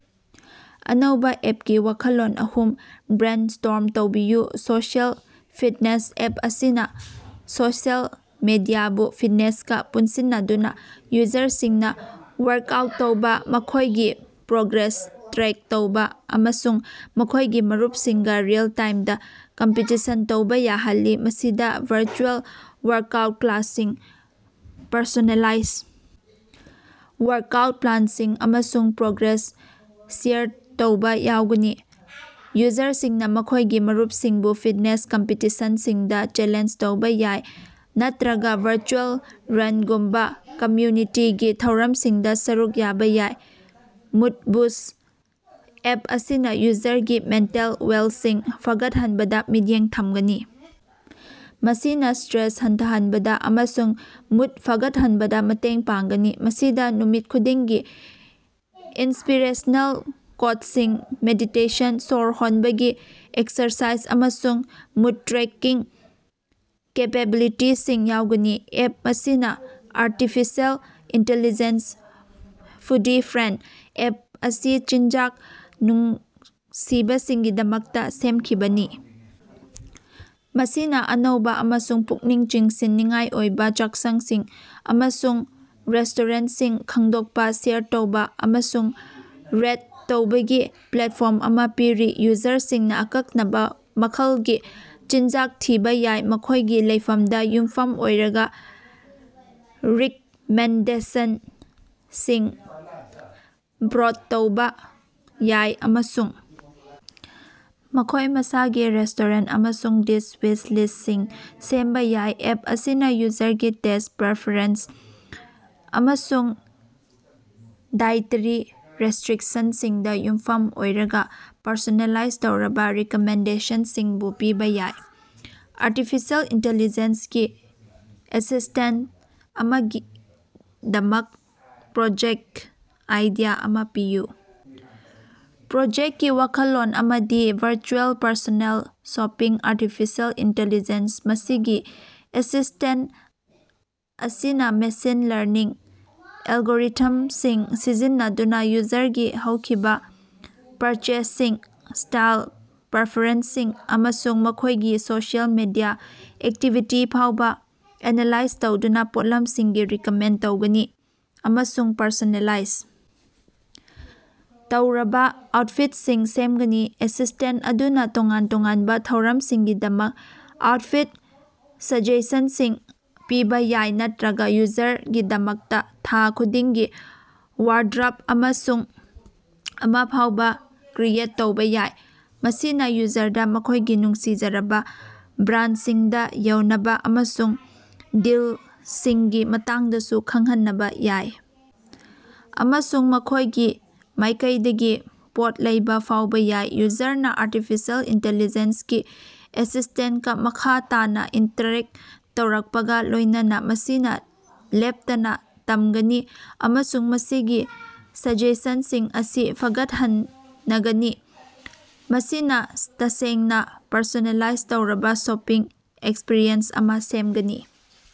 ꯑꯅꯧꯕꯥ ꯑꯦꯞꯀꯤ ꯋꯥꯈꯜꯂꯣꯟ ꯑꯍꯨꯝ ꯕ꯭ꯔꯦꯟꯁ꯭ꯇꯣꯔꯝ ꯇꯧꯕꯤꯌꯨ꯫ ꯁꯣꯁꯤꯑꯦꯜ ꯐꯤꯠꯅꯦꯁ: ꯑꯦꯞ ꯑꯁꯤꯅ ꯁꯣꯁꯤꯑꯦꯜ ꯃꯤꯗꯤꯌꯥꯕꯨ ꯐꯤꯠꯅꯦꯁꯀꯥ ꯄꯨꯟꯁꯤꯟꯅꯗꯨꯅ ꯌꯨꯖꯔꯁꯤꯡꯅ ꯋꯥꯔꯛꯑꯥꯎꯠ ꯇꯧꯕ, ꯃꯈꯣꯏꯒꯤ ꯄ꯭ꯔꯣꯒ꯭ꯔꯦꯁ ꯇ꯭ꯔꯦꯛ ꯇꯧꯕ ꯑꯃꯁꯨꯡ ꯃꯈꯣꯏꯒꯤ ꯃꯔꯨꯞꯁꯤꯡꯒ ꯔꯤꯑꯦꯜ-ꯇꯥꯏꯝꯗꯥ ꯀꯝꯄꯤꯇꯤꯁꯟ ꯇꯧꯕ ꯌꯥꯍꯜꯂꯤ꯫ ꯃꯁꯤꯗ ꯚꯔꯆꯨꯑꯦꯜ ꯋꯥꯔꯛꯑꯥꯎꯠ ꯀ꯭ꯂꯥꯁꯁꯤꯡ, ꯄꯔꯁꯣꯅꯦꯂꯥꯏꯖ ꯋꯥꯔꯛꯑꯥꯎꯠ ꯄ꯭ꯂꯥꯟꯁꯤꯡ, ꯑꯃꯁꯨꯡ ꯄ꯭ꯔꯣꯒ꯭ꯔꯦꯁ ꯁꯦꯌꯔ ꯇꯧꯕ ꯌꯥꯎꯒꯅꯤ꯫ ꯌꯨꯖꯔꯁꯤꯡꯅ ꯃꯈꯣꯏꯒꯤ ꯃꯔꯨꯞꯁꯤꯡꯕꯨ ꯐꯤꯠꯅꯦꯁ ꯀꯝꯄꯤꯇꯤꯁꯟꯁꯤꯡꯗꯥ ꯆꯦꯂꯦꯟꯖ ꯇꯧꯕ ꯌꯥꯏ ꯅꯠꯇ꯭ꯔꯒ ꯚꯔꯆꯨꯑꯦꯜ ꯔꯟꯒꯨꯝꯕꯥ ꯀꯝꯃꯌꯨꯅꯤꯇꯤꯒꯤ ꯊꯧꯔꯝꯁꯤꯡꯗ ꯁꯔꯨꯛ ꯌꯥꯕ ꯌꯥꯏ꯫ ꯃꯨꯠ ꯕꯨꯁ: ꯑꯦꯞ ꯑꯁꯤꯅ ꯌꯨꯖꯔꯒꯤ ꯃꯦꯟꯇꯦꯜ ꯋꯦꯜꯁꯤꯡ ꯐꯒꯠꯍꯟꯕꯗ ꯃꯤꯠꯌꯦꯡ ꯊꯝꯒꯅꯤ, ꯃꯁꯤꯅ ꯁꯇ꯭ꯔꯦꯁ ꯍꯟꯊꯍꯟꯕꯗ ꯑꯃꯁꯨꯡ ꯃꯨꯠ ꯐꯒꯠꯍꯟꯕꯗ ꯃꯇꯦꯡ ꯄꯥꯡꯒꯅꯤ꯫ ꯃꯁꯤꯗ ꯅꯨꯃꯤꯠ ꯈꯨꯗꯤꯡꯒꯤ ꯏꯟꯁꯄꯤꯔꯦꯁꯅꯦꯜ ꯀꯣꯠꯁꯤꯡ, ꯃꯦꯗꯤꯇꯦꯁꯟ, ꯁꯣꯔ ꯍꯣꯟꯕꯒꯤ ꯑꯦꯛꯁꯔꯁꯥꯏꯖ, ꯑꯃꯁꯨꯡ ꯃꯨꯠ ꯇ꯭ꯔꯦꯀꯤꯡ ꯀꯦꯄꯦꯕꯤꯂꯤꯇꯤꯁꯤꯡ ꯌꯥꯎꯒꯅꯤ꯫ ꯑꯦꯞ ꯑꯁꯤꯅ artificial intelligence foodie friend: app ꯑꯁꯤ ꯆꯤꯟꯖꯥꯛ ꯅꯨꯡꯁꯤꯕꯁꯤꯡꯒꯤꯗꯃꯛꯇ ꯁꯦꯝꯈꯤꯕꯅꯤ, ꯃꯁꯤꯅ ꯑꯅꯧꯕ ꯑꯃꯁꯨꯡ ꯄꯨꯛꯅꯤꯡ ꯆꯤꯡꯁꯤꯟꯅꯤꯡꯉꯥꯏ ꯑꯣꯏꯕ ꯆꯥꯛꯁꯪꯁꯤꯡ ꯑꯃꯁꯨꯡ ꯔꯦꯁꯇꯣꯔꯦꯟꯁꯤꯡ ꯈꯪꯗꯣꯛꯄ, ꯁꯦꯌꯔ ꯇꯧꯕ ꯑꯃꯁꯨꯡ ꯔꯦꯠ ꯇꯧꯕꯒꯤ ꯄ꯭ꯂꯦꯠꯐꯣꯔꯝ ꯑꯃ ꯄꯤꯔꯤ꯫ ꯌꯨꯖꯔꯁꯤꯡꯅ ꯑꯀꯛꯅꯕ ꯃꯈꯜꯒꯤ ꯆꯤꯟꯖꯥꯛ ꯊꯤꯕ ꯌꯥꯏ, ꯃꯈꯣꯏꯒꯤ ꯂꯩꯐꯝꯗ ꯌꯨꯝꯐꯝ ꯑꯣꯏꯔꯒ ꯔꯤꯀꯃꯦꯟꯗꯦꯁꯟꯁꯤꯡ ꯕ꯭ꯔꯣꯠ ꯇꯧꯕ ꯌꯥꯏ ꯑꯃꯁꯨꯡ ꯃꯈꯣꯏ ꯃꯁꯥꯒꯤ ꯔꯦꯁꯇꯣꯔꯦꯟ ꯑꯃꯁꯨꯡ ꯗꯤꯁ ꯋꯤꯁ ꯂꯤꯁꯁꯤꯡ ꯁꯦꯝꯕ ꯌꯥꯏ꯫ ꯑꯦꯞ ꯑꯁꯤꯅ ꯌꯨꯖꯔꯒꯤ ꯇꯦꯁ ꯄꯔꯐꯦꯔꯦꯟꯁ ꯑꯃꯁꯨꯡ ꯗꯥꯏꯑꯦꯇꯔꯤ ꯔꯦꯁꯇ꯭ꯔꯤꯛꯁꯟꯁꯤꯡꯗ ꯌꯨꯝꯐꯝ ꯑꯣꯏꯔꯒ ꯄꯔꯁꯣꯅꯦꯂꯥꯏꯖ ꯇꯧꯔꯕ ꯔꯤꯀꯃꯦꯟꯗꯦꯁꯟꯁꯤꯡꯁꯨ ꯄꯤꯕ ꯌꯥꯏ꯫ ꯑꯔꯇꯤꯐꯤꯁꯦꯜ ꯏꯟꯇꯤꯂꯤꯖꯦꯟꯁ ꯒꯤ ꯑꯦꯁꯤꯁꯇꯦꯟ ꯑꯃꯒꯤꯗꯃꯛ ꯄ꯭ꯔꯣꯖꯦꯛꯇ ꯑꯥꯏꯗꯤꯌꯥ ꯑꯃ ꯄꯤꯌꯨ꯫ ꯄ꯭ꯔꯣꯖꯦꯛꯀꯤ ꯋꯥꯈꯜꯂꯣꯟ ꯑꯃꯗꯤ virtual personal shopping artificial intelligence ꯃꯁꯤꯒꯤ ꯑꯦꯁꯤꯁꯇꯦꯟ ꯑꯁꯤꯅ ꯃꯦꯁꯤꯟ ꯂꯔꯅꯤꯡ ꯑꯦꯜꯒꯣꯔꯤꯊꯝꯁꯤꯡ ꯁꯤꯖꯤꯟꯅꯗꯨꯅ ꯌꯨꯖꯔꯒꯤ ꯍꯧꯈꯤꯕ ꯄꯔꯆꯦꯖꯁꯤꯡ, ꯁ꯭ꯇꯥꯏꯜ ꯄꯔꯐꯦꯔꯦꯟꯁꯁꯤꯡ, ꯑꯃꯁꯨꯡ ꯃꯈꯣꯏꯒꯤ ꯁꯣꯁꯤꯑꯦꯜ ꯃꯤꯗꯤꯌꯥ ꯑꯦꯛꯇꯤꯚꯤꯇꯤ ꯐꯥꯎꯕ ꯑꯦꯅꯥꯂꯥꯏꯖ ꯇꯧꯗꯨꯅ ꯄꯣꯠꯂꯝꯁꯤꯡꯒꯤ ꯔꯤꯀꯃꯦꯟ ꯇꯧꯒꯅꯤ ꯑꯃꯁꯨꯡ ꯄꯔꯁꯣꯅꯦꯂꯥꯏꯖ ꯇꯧꯔꯕꯥ ꯑꯥꯎꯠꯐꯤꯠꯁꯤꯡ ꯁꯦꯝꯒꯅꯤ꯫ ꯑꯦꯁꯤꯁꯇꯦꯟ ꯑꯗꯨꯅ ꯇꯣꯉꯥꯟ ꯇꯣꯉꯥꯟꯕ ꯊꯧꯔꯝꯁꯤꯡꯒꯤꯗꯃꯛ ꯑꯥꯎꯠꯐꯤꯠ ꯁꯖꯦꯁꯟꯁꯤꯡ ꯄꯤꯕ ꯌꯥꯏ ꯅꯠꯇ꯭ꯔꯒ ꯌꯨꯖꯔꯒꯤꯗꯃꯛꯇ ꯊꯥ ꯈꯨꯗꯤꯡꯒꯤ ꯋꯥꯗ꯭ꯔꯕ ꯑꯃꯁꯨꯡ ꯑꯃ ꯐꯥꯎꯕ ꯀ꯭ꯔꯤꯌꯦꯠ ꯇꯧꯕ ꯌꯥꯏ꯫ ꯃꯁꯤꯅ ꯌꯨꯖꯔꯗꯥ ꯃꯈꯣꯏꯒꯤ ꯅꯨꯡꯁꯤꯖꯔꯕꯥ ꯕ꯭ꯔꯥꯟꯗꯁꯤꯡꯗ ꯌꯧꯅꯕ ꯑꯃꯁꯨꯡ ꯗꯤꯜꯁꯤꯡꯒꯤ ꯃꯇꯥꯡꯗꯁꯨ ꯈꯪꯍꯟꯅꯕ ꯌꯥꯏ, ꯑꯃꯁꯨꯡ ꯃꯈꯣꯏꯒꯤ ꯃꯥꯏꯀꯩꯗꯒꯤ ꯄꯣꯠ ꯂꯩꯕ ꯐꯥꯎꯕ ꯌꯥꯏ꯫ ꯌꯨꯖꯔꯅꯥ ꯑꯔꯇꯤꯐꯤꯁꯦꯜ ꯏꯟꯇꯤꯂꯤꯖꯦꯟꯁꯒꯤ ꯑꯦꯁꯤꯁꯇꯦꯟꯀꯥ ꯃꯈꯥ ꯇꯥꯅ ꯏꯟꯇꯔꯦꯛ ꯇꯧꯔꯛꯄꯒ ꯂꯣꯏꯅꯅ, ꯃꯁꯤꯅ ꯂꯦꯞꯇꯅ ꯇꯝꯒꯅꯤ ꯑꯃꯁꯨꯡ ꯃꯁꯤꯒꯤ ꯁꯖꯦꯁꯟꯁꯤꯡ ꯑꯁꯤ ꯐꯒꯠꯍꯟꯅꯒꯅꯤ, ꯃꯁꯤꯅ ꯇꯁꯦꯡꯅ ꯄꯔꯁꯣꯅꯦꯂꯥꯏꯖ ꯇꯧꯔꯕ ꯁꯣꯄꯤꯡ ꯑꯦꯛꯁꯄꯤꯔꯤꯑꯦꯟꯁ ꯑꯃ ꯁꯦꯝꯒꯅꯤ꯫